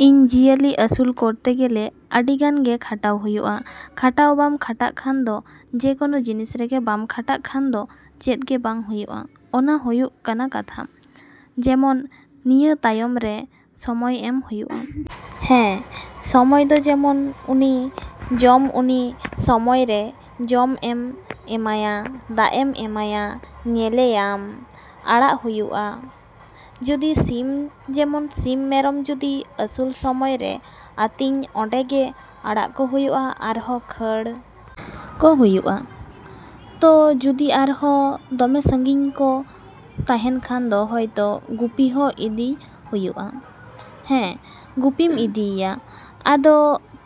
‎ᱤᱧ ᱡᱤᱭᱟᱹᱞᱤ ᱟᱹᱥᱩᱞ ᱠᱚᱨᱛᱮ ᱜᱮᱞᱮ ᱟᱹᱰᱤᱜᱟᱱ ᱜᱮ ᱠᱷᱟᱴᱟᱣ ᱦᱩᱭᱩᱜᱼᱟ᱾ ᱠᱷᱟᱴᱟᱣ ᱵᱟᱢ ᱠᱷᱟᱴᱟᱜ ᱠᱷᱟᱱ ᱫᱚ ᱡᱮᱠᱚᱱᱚ ᱡᱤᱱᱤᱥ ᱨᱮᱜᱮ ᱵᱟᱢ ᱠᱷᱟᱴᱟᱜ ᱠᱷᱟᱱ ᱫᱚ ᱪᱮᱫ ᱜᱮ ᱵᱟᱝ ᱦᱩᱭᱩᱜᱼᱟ᱾ ᱚᱱᱟ ᱦᱩᱭᱩᱜ ᱠᱟᱱᱟ ᱠᱟᱛᱷᱟ᱾ ᱡᱮᱢᱚᱱ ᱱᱤᱭᱟᱹ ᱛᱟᱭᱚᱢ ᱨᱮ ᱥᱚᱢᱚᱭ ᱮᱢ ᱦᱩᱭᱩᱜᱼᱟ᱾ ᱦᱮᱸ, ᱥᱚᱢᱚᱭ ᱫᱚ ᱡᱮᱢᱚᱱ ᱩᱱᱤ ᱡᱚᱢ ᱩᱱᱤ ᱥᱚᱢᱚᱭ ᱨᱮ ᱡᱚᱢᱮᱢ ᱮᱢᱟᱭᱟ, ᱫᱟᱜ ᱮᱢ ᱮᱢᱟᱭᱟ, ᱧᱮᱞᱮᱭᱟᱢ, ᱟᱲᱟᱜ ᱦᱩᱭᱩᱜᱼᱟ᱾ ᱡᱩᱫᱤ ᱥᱤᱢ ᱡᱮᱢᱚᱱ ᱥᱤᱢ ᱢᱮᱨᱚᱢ ᱡᱩᱫᱤ ᱟᱹᱥᱩᱞ ᱥᱚᱢᱚᱭ ᱨᱮ ᱟᱹᱛᱤᱧ ᱚᱸᱰᱮ ᱜᱮ ᱟᱲᱟᱜ ᱠᱚ ᱦᱩᱭᱩᱜᱼᱟ ᱟᱨᱦᱚᱸ ᱠᱷᱟ.ᱲ ᱠᱚ ᱦᱩᱭᱩᱜᱼᱟ᱾ ᱛᱚ ᱡᱩᱫᱤ ᱟᱨᱦᱚᱸ ᱫᱚᱢᱮ ᱥᱟᱺᱜᱤᱧ ᱠᱚ ᱛᱟᱦᱮᱱ ᱠᱷᱟᱱ ᱫᱚ ᱦᱚᱭᱛᱚ ᱜᱩᱯᱤ ᱦᱚᱸ ᱤᱫᱤᱭ ᱦᱩᱭᱩᱜᱼᱟ᱾ ᱦᱮᱸ, ᱜᱩᱯᱤᱢ ᱤᱫᱤᱭᱟ᱾ ᱟᱫᱚ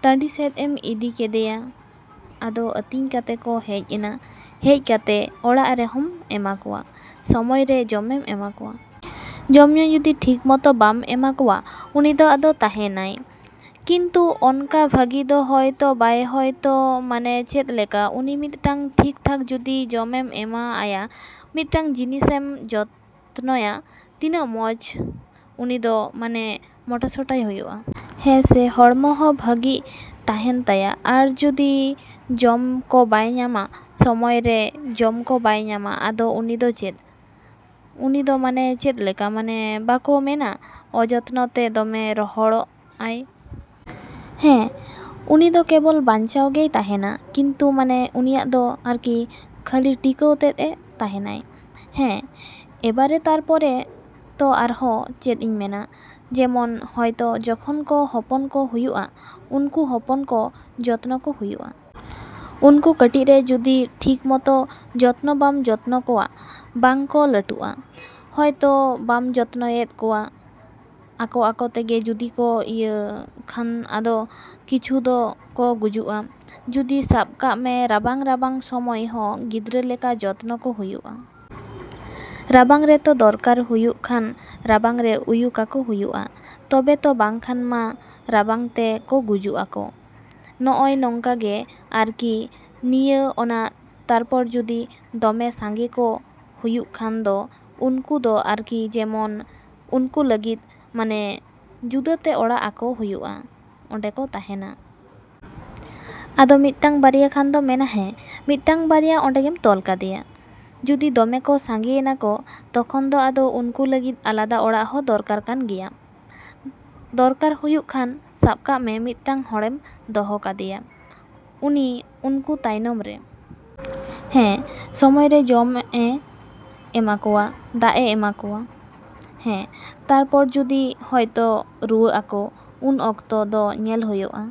ᱴᱟᱺᱰᱤ ᱥᱮᱫ ᱮᱢ ᱤᱫᱤ ᱠᱮᱫᱮᱭᱟ᱾ ᱟᱫᱚ ᱟᱹᱛᱤᱧ ᱠᱟᱛᱮ ᱠᱚ ᱦᱮᱡ ᱮᱱᱟ᱾ ᱦᱮᱡ ᱠᱟᱛᱮ ᱚᱲᱟᱜ ᱨᱮᱦᱚᱸᱢ ᱮᱢᱟ ᱠᱚᱣᱟ, ᱥᱚᱢᱚᱭ ᱨᱮ ᱡᱚᱢᱮᱢ ᱮᱢᱟ ᱠᱚᱣᱟ᱾ ᱡᱚᱢᱼᱧᱩ ᱡᱩᱫᱤ ᱴᱷᱤᱠ ᱢᱚᱛᱚ ᱵᱟᱢ ᱮᱢᱟ ᱠᱚᱣᱟ, ᱩᱱᱤ ᱫᱚ ᱟᱫᱚ ᱛᱟᱦᱮᱱᱟᱭ ᱠᱤᱱᱛᱩ ᱚᱱᱠᱟ ᱵᱷᱟᱹᱜᱤ ᱫᱚ ᱦᱚᱭᱛᱚ ᱵᱟᱭ ᱦᱚᱭᱛᱚ ᱢᱟᱱᱮ ᱪᱮᱫ ᱞᱮᱠᱟ ᱩᱱᱤ ᱢᱤᱫᱴᱟᱝ ᱴᱷᱤᱠ ᱴᱷᱟᱠ ᱡᱩᱫᱤ ᱡᱚᱢᱮᱢ ᱮᱢᱟ ᱟᱭᱟ, ᱢᱤᱫᱴᱟᱝ ᱡᱤᱱᱤᱥᱮᱢ ᱡᱚᱛᱱᱚᱭᱟ, ᱛᱤᱱᱟᱹᱜ ᱢᱚᱡᱽ ᱩᱱᱤ ᱫᱚ ᱢᱟᱱᱮ ᱢᱚᱴᱟᱥᱚᱴᱟᱭ ᱦᱩᱭᱩᱜᱼᱟ᱾ ᱦᱮᱸ ᱥᱮ ᱦᱚᱲᱢᱚ ᱦᱚᱸ ᱵᱷᱟᱹᱜᱤ ᱛᱟᱦᱮᱱ ᱛᱟᱭᱟ᱾ ᱟᱨ ᱡᱩᱫᱤ ᱡᱚᱢ ᱠᱚ ᱵᱟᱭ ᱧᱟᱢᱟ, ᱥᱚᱢᱚᱭ ᱨᱮ ᱡᱚᱢ ᱠᱚ ᱵᱟᱭ ᱧᱟᱢᱟ, ᱟᱫᱚ ᱩᱱᱤ ᱫᱚ ᱪᱮᱫ? ᱩᱱᱤ ᱫᱚ ᱢᱟᱱᱮ ᱪᱮᱫ ᱞᱮᱠᱟ ᱢᱟᱱᱮ ᱵᱟᱠᱚ ᱢᱮᱱᱟ ᱚᱡᱚᱛᱱᱚ ᱛᱮ ᱫᱚᱢᱮ ᱨᱚᱦᱚᱲᱚᱜᱼᱟᱭ᱾ ᱦᱮᱸ, ᱩᱱᱤ ᱫᱚ ᱠᱮᱵᱚᱞ ᱵᱟᱧᱪᱟᱣ ᱜᱮᱭ ᱛᱟᱦᱮᱱᱟ ᱠᱤᱱᱛᱩ ᱢᱟᱱᱮ ᱩᱱᱤᱭᱟᱜ ᱫᱚ ᱟᱨᱠᱤ ᱠᱷᱟᱹᱞᱤ ᱴᱤᱠᱟᱹᱣ ᱛᱮᱫ ᱮ ᱛᱟᱦᱮᱱᱟᱭ᱾ ᱦᱮᱸ, ᱮᱵᱟᱨᱮ ᱛᱟᱨᱯᱚᱨᱮ ᱛᱚ ᱟᱨᱦᱚᱸ ᱪᱮᱫ ᱤᱧ ᱢᱮᱱᱟ ᱡᱮᱢᱚᱱ ᱦᱚᱭᱛᱚ ᱡᱚᱠᱷᱚᱱ ᱠᱚ ᱦᱚᱯᱚᱱ ᱠᱚ ᱦᱩᱭᱩᱜᱼᱟ, ᱩᱱᱠᱩ ᱦᱚᱯᱚᱱ ᱠᱚ ᱡᱚᱛᱱᱚ ᱠᱚ ᱦᱩᱭᱩᱜᱼᱟ᱾ ᱩᱱᱠᱩ ᱠᱟᱹᱴᱤᱡ ᱨᱮ ᱡᱩᱫᱤ ᱴᱷᱤᱠ ᱢᱚᱛᱚ ᱡᱚᱛᱱᱚ ᱵᱟᱢ ᱡᱚᱛᱱᱚ ᱠᱚᱣᱟ, ᱵᱟᱝ ᱠᱚ ᱞᱟᱹᱴᱩᱜᱼᱟ᱾ ᱦᱚᱭᱛᱚ ᱵᱟᱢ ᱡᱚᱛᱱᱚᱭᱮᱫ ᱠᱚᱣᱟ, ᱟᱠᱚ ᱟᱠᱚ ᱛᱮᱜᱮ ᱡᱩᱫᱤ ᱠᱚ ᱤᱭᱟᱹ ᱠᱷᱟᱱ ᱟᱫᱚ ᱠᱤᱪᱷᱩ ᱫᱚ ᱠᱚ ᱜᱩᱡᱩᱜᱼᱟ᱾ ᱡᱩᱫᱤ ᱥᱟᱵ ᱠᱟᱜ ᱢᱮ ᱨᱟᱵᱟᱝ ᱨᱟᱵᱟᱝ ᱥᱚᱢᱚᱭ ᱦᱚᱸ ᱜᱤᱫᱽᱨᱟᱹ ᱞᱮᱠᱟ ᱡᱚᱛᱱᱚ ᱠᱚ ᱦᱩᱭᱩᱜᱼᱟ᱾ ᱨᱟᱵᱟᱝ ᱨᱮ ᱛᱚ ᱫᱚᱨᱠᱟᱨ ᱦᱩᱭᱩᱜ ᱠᱷᱟᱱ ᱨᱟᱵᱟᱝ ᱨᱮ ᱩᱭᱩ ᱠᱟᱠᱚ ᱦᱩᱭᱩᱜᱼᱟ᱾ ᱛᱚᱵᱮ ᱛᱚ ᱵᱟᱝ ᱠᱷᱟᱱ ᱢᱟ ᱨᱟᱵᱟᱝ ᱛᱮ ᱠᱚ ᱜᱚᱡᱩᱜᱼᱟ ᱠᱚ᱾ ᱱᱚᱜᱼᱚᱭ ᱱᱚᱝᱠᱟ ᱜᱮ ᱟᱨᱠᱤ ᱱᱤᱭᱟᱹ ᱚᱱᱟ ᱛᱟᱨᱯᱚᱨ ᱡᱩᱫᱤ ᱫᱚᱢᱮ ᱥᱟᱸᱜᱮ ᱠᱚ ᱦᱩᱭᱩᱜ ᱠᱷᱟᱱ ᱫᱚ ᱩᱱᱠᱩ ᱫᱚ ᱟᱨᱠᱤ ᱡᱮᱢᱚᱱ ᱩᱱᱠᱩ ᱞᱟᱹᱜᱤᱫ ᱢᱟᱱᱮ ᱡᱩᱫᱟᱹ ᱛᱮ ᱚᱲᱟᱜ ᱟᱠᱚ ᱦᱩᱭᱩᱜᱼᱟ, ᱚᱸᱰᱮ ᱠᱚ ᱛᱟᱦᱮᱱᱟ᱾ ᱟᱫᱚ ᱢᱤᱫᱴᱟᱝ ᱵᱟᱨᱭᱟ ᱠᱷᱟᱱ ᱫᱚᱢ ᱢᱮᱱᱟ ᱦᱮᱸ, ᱢᱤᱫᱴᱟᱝ ᱵᱟᱨᱭᱟ ᱚᱸᱰᱮ ᱜᱮᱢ ᱛᱚᱞ ᱠᱟᱫᱮᱭᱟ᱾ ᱡᱩᱫᱤ ᱫᱚᱢᱮ ᱠᱚ ᱥᱟᱸᱜᱮᱭᱮᱱᱟ ᱠᱚ, ᱛᱚᱠᱷᱚᱱ ᱫᱚ ᱟᱫᱚ ᱩᱱᱠᱩ ᱞᱟᱹᱜᱤᱫ ᱟᱞᱟᱫᱟ ᱚᱲᱟᱜ ᱦᱚᱸ ᱫᱚᱨᱠᱟᱨ ᱠᱟᱱ ᱜᱮᱭᱟ᱾ ᱫᱚᱨᱠᱟᱨ ᱦᱩᱭᱩᱜ ᱠᱷᱟᱱ ᱥᱟᱵ ᱠᱟᱜ ᱢᱮ ᱢᱤᱫᱴᱟᱹᱝ ᱦᱚᱲᱮᱢ ᱫᱚᱦᱚ ᱠᱟᱫᱮᱭᱟ ᱩᱱᱤ ᱩᱱᱠᱩ ᱛᱟᱭᱱᱚᱢ ᱨᱮ᱾ ᱦᱮᱸ, ᱥᱚᱢᱚᱭ ᱨᱮ ᱡᱚᱢᱮ ᱮᱢᱟ ᱠᱚᱣᱟ, ᱫᱟᱜ ᱮ ᱮᱢᱟ ᱠᱚᱣᱟ᱾ ᱦᱮᱸ, ᱛᱟᱨᱯᱚᱨ ᱡᱩᱫᱤ ᱦᱚᱭᱛᱚ ᱨᱩᱣᱟᱹᱜ ᱟᱠᱚ ᱩᱱ ᱚᱠᱛᱚ ᱫᱚ ᱧᱮᱞ ᱦᱳᱭᱳᱜᱼᱟ᱾